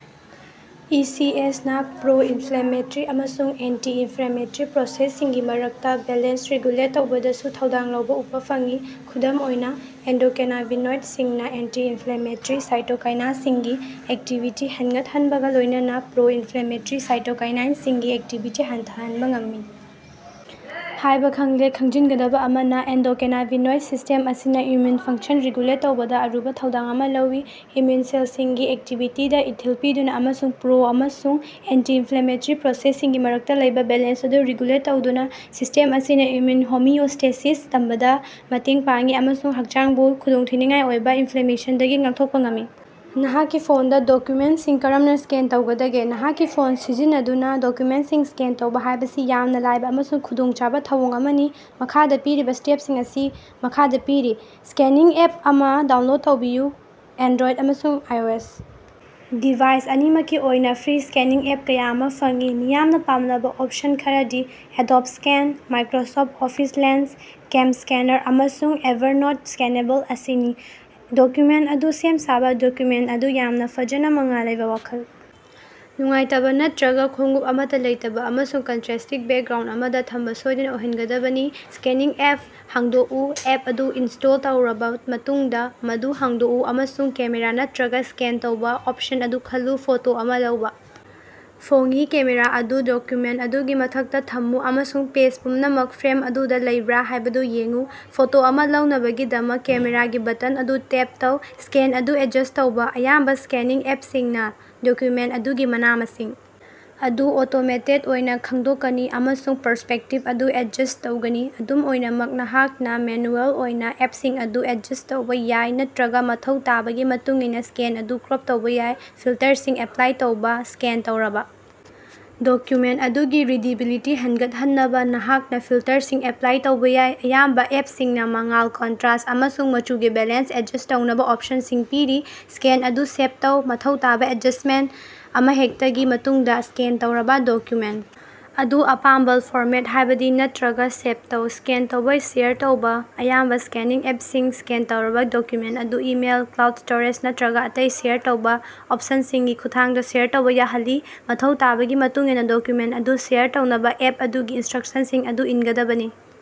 E. C. S. ꯅꯥ pro-inflammatory ꯑꯃꯁꯨꯡ anti-inflammatory process ꯁꯤꯡꯒꯤ ꯃꯔꯛꯇ ꯕꯦꯂꯦꯟꯁ ꯔꯤꯒꯨꯂꯦꯠ ꯇꯧꯕꯗꯁꯨ ꯊꯧꯗꯥꯡ ꯂꯧꯕ ꯎꯕ ꯐꯪꯏ꯫ ꯈꯨꯗꯝ ꯑꯣꯏꯅ, ꯑꯦꯟꯗꯣꯀꯦꯅꯥꯕꯤꯅꯣꯏꯗ ꯁꯤꯡꯅ ꯑꯦꯟꯇꯤ-ꯏꯟꯐ꯭ꯂꯦꯃꯦꯇꯔꯤ ꯁꯥꯏꯇꯣꯀꯥꯏꯅ ꯁꯤꯡꯒꯤ ꯑꯦꯛꯇꯤꯚꯤꯇꯤ ꯍꯦꯟꯉꯠꯍꯟꯕꯒ ꯂꯣꯏꯅꯅ ꯄ꯭ꯔꯣ-ꯏꯟꯐ꯭ꯂꯦꯃꯦꯇꯔꯤ ꯁꯥꯏꯇꯣꯀꯥꯏꯟ ꯁꯤꯡꯒꯤ ꯑꯦꯛꯇꯤꯚꯤꯇꯤ ꯍꯟꯊꯍꯟꯕ ꯉꯝꯃꯤ ꯍꯥꯏꯕ ꯈꯪꯂꯦ꯫ ꯈꯪꯖꯤꯟꯒꯗꯕ ꯑꯃꯅ, ꯑꯦꯟꯗꯣꯀꯦꯅꯥꯕꯤꯅꯣꯏꯗ ꯁꯤꯁꯇꯦꯝ ꯑꯁꯤꯅ ꯏꯝꯃ꯭ꯌꯨꯟ ꯐꯪꯁꯟ ꯔꯤꯒꯨꯂꯦꯠ ꯇꯧꯕꯗ ꯑꯔꯨꯕ ꯊꯧꯗꯥꯡ ꯑꯃ ꯂꯧꯏ꯫ ꯏꯝꯃ꯭ꯌꯨꯟ ꯁꯦꯜꯁꯤꯡꯒꯤ ꯑꯦꯛꯇꯤꯚꯤꯇꯤꯗ ꯏꯊꯤꯜ ꯄꯤꯗꯨꯅ ꯑꯃꯁꯨꯡ ꯄ꯭ꯔꯣ- ꯑꯃꯁꯨꯡ ꯑꯦꯟꯇꯤ-ꯏꯟꯐ꯭ꯂꯦꯃꯦꯇꯔꯤ ꯄ꯭ꯔꯣꯁꯦꯁ ꯁꯤꯡꯒꯤ ꯃꯔꯛꯇ ꯂꯩꯕ ꯕꯦꯂꯦꯟꯁ ꯑꯗꯨ ꯔꯤꯒꯨꯂꯦꯠ ꯇꯧꯗꯨꯅ, ꯁꯤꯁꯇꯦꯝ ꯑꯁꯤꯅ ꯏꯝꯃ꯭ꯌꯨꯟ ꯍꯣꯃꯤꯑꯣꯁ꯭ꯇꯦꯁꯤꯁ ꯊꯝꯕꯗ ꯃꯇꯦꯡ ꯄꯥꯡꯏ ꯑꯃꯁꯨꯡ ꯍꯛꯆꯥꯡꯕꯨ ꯈꯨꯗꯣꯡꯊꯤꯅꯤꯉꯥꯏ ꯑꯣꯏꯕ ꯏꯟꯐ꯭ꯂꯦꯃꯦꯁꯟ ꯗꯒꯤ ꯉꯥꯛꯊꯣꯛꯄ ꯉꯝꯃꯤ꯫ ꯅꯍꯥꯛꯀꯤ ꯐꯣꯟꯗ ꯗꯣꯀ꯭ꯌꯨꯃꯦꯟꯇꯁꯤꯡ ꯀꯔꯝꯅ ꯁ꯭ꯀꯦꯟ ꯇꯧꯒꯗꯒꯦ꯫ ꯅꯍꯥꯛꯀꯤ ꯐꯣꯟ ꯁꯤꯖꯤꯟꯅꯗꯨꯅ ꯗꯣꯀ꯭ꯌꯨꯃꯦꯟꯇꯁꯤꯡ ꯁ꯭ꯀꯦꯟ ꯇꯧꯕ ꯍꯥꯏꯕꯁꯤ ꯌꯥꯝꯅ ꯂꯥꯏꯕ ꯑꯃꯁꯨꯡ ꯈꯨꯗꯣꯡꯆꯥꯕ ꯊꯧꯑꯣꯡ ꯑꯃꯅꯤ꯫ ꯃꯈꯥꯗ ꯄꯤꯔꯤꯕ ꯁ꯭ꯇꯦꯞꯁꯤꯡ ꯑꯁꯤ ꯃꯈꯥꯗ ꯄꯤꯔꯤ: ꯁ꯭ꯀꯦꯅꯤꯡ ꯑꯦꯞ ꯑꯃ ꯗꯥꯎꯟꯂꯣꯗ ꯇꯧꯕꯤꯌꯨ: ꯑꯦꯟꯗ꯭ꯔꯣꯏꯗ ꯑꯃꯁꯨꯡ ꯑꯥꯏꯑꯣꯑꯦꯁ ꯗꯤꯚꯥꯏꯁ ꯑꯅꯤꯃꯛꯀꯤ ꯑꯣꯏꯅ ꯐ꯭ꯔꯤ ꯁ꯭ꯀꯦꯅꯤꯡ ꯑꯦꯞ ꯀꯌꯥ ꯑꯃ ꯐꯪꯏ꯫ ꯃꯤꯌꯥꯝꯅ ꯄꯥꯝꯅꯕ ꯑꯣꯞꯁꯟ ꯈꯔꯗꯤ Adobe Scan, Microsoft Office Lens, CamScanner, ꯑꯃꯁꯨꯡ ꯑꯦꯚꯥꯔꯅꯣꯠ ꯁ꯭ꯀꯦꯅꯦꯕꯜ ꯑꯁꯤꯅꯤ꯫ ꯗꯣꯀ꯭ꯌꯨꯃꯦꯟꯇ ꯑꯗꯨ ꯁꯦꯝ-ꯁꯥꯕ: ꯗꯣꯀ꯭ꯌꯨꯃꯦꯟꯇ ꯑꯗꯨ ꯌꯥꯝꯅ ꯐꯖꯅ ꯃꯉꯥꯜ ꯂꯩꯕ, ꯋꯥꯈꯜ ꯅꯨꯡꯉꯥꯏꯇꯕ ꯅꯠꯇꯔꯒ ꯈꯣꯡꯎꯞ ꯑꯃꯠꯇ ꯂꯩꯇꯕ ꯑꯃꯁꯨꯡ ꯀꯟꯇ꯭ꯔꯦꯁ꯭ꯇꯤꯡ ꯕꯦꯛꯒ꯭ꯔꯥꯎꯟꯗ ꯑꯃꯗ ꯊꯝꯕ ꯁꯣꯏꯗꯅ ꯑꯣꯏꯍꯟꯒꯗꯕꯅꯤ꯫ ꯁ꯭ꯀꯦꯅꯤꯡ ꯑꯦꯞ ꯍꯥꯡꯗꯣꯛꯎ: ꯑꯦꯞ ꯑꯗꯨ ꯏꯟꯁ꯭ꯇꯣꯜ ꯇꯧꯔꯕ ꯃꯇꯨꯡꯗ, ꯃꯗꯨ ꯍꯥꯡꯗꯣꯛꯎ ꯑꯃꯁꯨꯡ ꯀꯦꯃꯦꯔꯥ ꯅꯠꯇꯔꯒ ꯁ꯭ꯀꯦꯟ ꯇꯧꯕ ꯑꯣꯞꯁꯟ ꯑꯗꯨ ꯈꯜꯂꯨ꯫ ꯐꯣꯇꯣ ꯑꯃ ꯂꯧꯕ: ꯐꯣꯉꯤ ꯀꯦꯃꯦꯔꯥ ꯑꯗꯨ ꯗꯣꯀ꯭ꯌꯨꯃꯦꯟꯇ ꯑꯗꯨꯒꯤ ꯃꯊꯛꯇ ꯊꯝꯃꯨ ꯑꯃꯁꯨꯡ ꯄꯦꯖ ꯄꯨꯝꯅꯃꯛ ꯐ꯭ꯔꯦꯝ ꯑꯗꯨꯗ ꯂꯩꯕ꯭ꯔ ꯍꯥꯏꯕꯗꯨ ꯌꯦꯡꯎ꯫ ꯐꯣꯇꯣ ꯑꯃ ꯂꯧꯅꯕꯒꯤꯗꯃꯛ ꯀꯦꯃꯦꯔꯥꯒꯤ ꯕꯥꯇꯟ ꯑꯗꯨ ꯇꯦꯞ ꯇꯧ꯫ ꯁ꯭ꯀꯦꯟ ꯑꯗꯨ ꯑꯦꯗꯖꯁ ꯇꯧꯕ: ꯑꯌꯥꯝꯕ ꯁ꯭ꯀꯦꯅꯤꯡ ꯑꯦꯞꯁꯤꯡꯅ ꯗꯣꯀ꯭ꯌꯨꯃꯦꯟꯇ ꯑꯗꯨꯒꯤ ꯃꯅꯥ-ꯃꯁꯤꯡ ꯑꯗꯨ ꯑꯣꯇꯣꯃꯦꯇꯦꯗ ꯑꯣꯏꯅ ꯈꯪꯗꯣꯛꯀꯅꯤ ꯑꯃꯁꯨꯡ ꯄꯔꯁ꯭ꯄꯦꯛꯇꯤꯚ ꯑꯗꯨ ꯑꯦꯗꯖꯁ꯭ꯠ ꯇꯧꯒꯅꯤ꯫ ꯑꯗꯨꯝ ꯑꯣꯏꯅꯃꯛ, ꯅꯍꯥꯛꯅ ꯃꯦꯅ꯭ꯌꯨꯑꯦꯜ ꯑꯣꯏꯅ ꯑꯦꯞꯁꯤꯡ ꯑꯗꯨ ꯑꯦꯗꯖꯁ꯭ꯠ ꯇꯧꯕ ꯌꯥꯏ ꯅꯠꯇꯔꯒ ꯃꯊꯧ ꯇꯥꯕꯒꯤ ꯃꯇꯨꯡꯏꯟꯅ ꯁ꯭ꯀꯦꯟ ꯑꯗꯨ ꯀ꯭ꯔꯣꯞ ꯇꯧꯕ ꯌꯥꯏ꯫ ꯐꯤꯜꯇꯔꯁꯤꯡ ꯑꯦꯄ꯭ꯂꯥꯏ ꯇꯧꯕ: ꯁ꯭ꯀꯦꯟ ꯇꯧꯔꯕ ꯗꯣꯀ꯭ꯌꯨꯃꯦꯟꯇ ꯑꯗꯨꯒꯤ ꯔꯤꯗꯤꯕꯤꯂꯤꯇꯤ ꯍꯦꯟꯒꯠꯍꯟꯅꯕ ꯅꯍꯥꯛꯅ ꯐꯤꯜꯇꯔꯁꯤꯡ ꯑꯦꯄ꯭ꯂꯥꯏ ꯇꯧꯕ ꯌꯥꯏ꯫ ꯑꯌꯥꯝꯕ ꯑꯦꯄꯁꯤꯡꯅ ꯃꯉꯥꯜ, ꯀꯟꯇꯔꯁ꯭ꯠ ꯑꯃꯁꯨꯡ ꯃꯆꯨꯒꯤ ꯕꯦꯂꯦꯟꯁ ꯑꯦꯗꯖꯁ꯭ꯠ ꯇꯧꯅꯕ ꯑꯣꯞꯁꯟ ꯁꯤꯡ ꯄꯤꯔꯤ꯫ ꯁ꯭ꯀꯦꯟ ꯑꯗꯨ ꯁꯦꯚ ꯇꯧ: ꯃꯊꯧ ꯇꯥꯕ ꯑꯦꯗꯖꯁ꯭ꯇꯃꯦꯟꯇ ꯑꯃꯍꯦꯛꯇꯒꯤ ꯃꯇꯨꯡꯗ, ꯁ꯭ꯀꯦꯟ ꯇꯧꯔꯕ ꯗꯣꯀ꯭ꯌꯨꯃꯦꯟꯇ ꯑꯗꯨ ꯑꯄꯥꯝꯕꯥꯜ ꯐꯣꯔꯃꯦꯠꯇ, ꯍꯥꯏꯕꯗꯤ ꯅꯠꯇꯔꯒ ꯁꯦꯚ ꯇꯧ꯫ ꯁ꯭ꯀꯦꯟ ꯇꯧꯕ ꯁꯦꯌꯥꯔ ꯇꯧꯕ: ꯑꯌꯥꯝꯕ ꯁ꯭ꯀꯦꯅꯤꯡ ꯑꯦꯞꯁꯤꯡꯅ ꯁ꯭ꯀꯦꯟ ꯇꯧꯔꯕ ꯗꯣꯀ꯭ꯌꯨꯃꯦꯟꯇ ꯑꯗꯨ ꯏꯃꯦꯏꯜ, ꯀ꯭ꯂꯥꯎꯗ ꯁ꯭ꯇꯣꯔꯦꯖ ꯅꯠꯇꯔꯒ ꯑꯇꯩ ꯁꯦꯌꯔ ꯇꯧꯕ ꯑꯣꯞꯁꯟꯁꯤꯡꯒꯤ ꯈꯨꯠꯊꯥꯡꯗ ꯁꯦꯌꯥꯔ ꯇꯧꯕ ꯌꯥꯍꯜꯂꯤ꯫ ꯃꯊꯧ ꯇꯥꯕꯒꯤ ꯃꯇꯨꯡꯏꯟꯅ ꯗꯣꯀ꯭ꯌꯨꯃꯦꯟꯇ ꯑꯗꯨ ꯁꯦꯌꯥꯔ ꯇꯧꯅꯕ ꯑꯦꯞ ꯑꯗꯨꯒꯤ ꯏꯟꯁ꯭ꯠꯔꯛꯁꯟꯁꯤꯡ ꯑꯗꯨ ꯏꯪꯒꯗꯕꯅꯤ꯫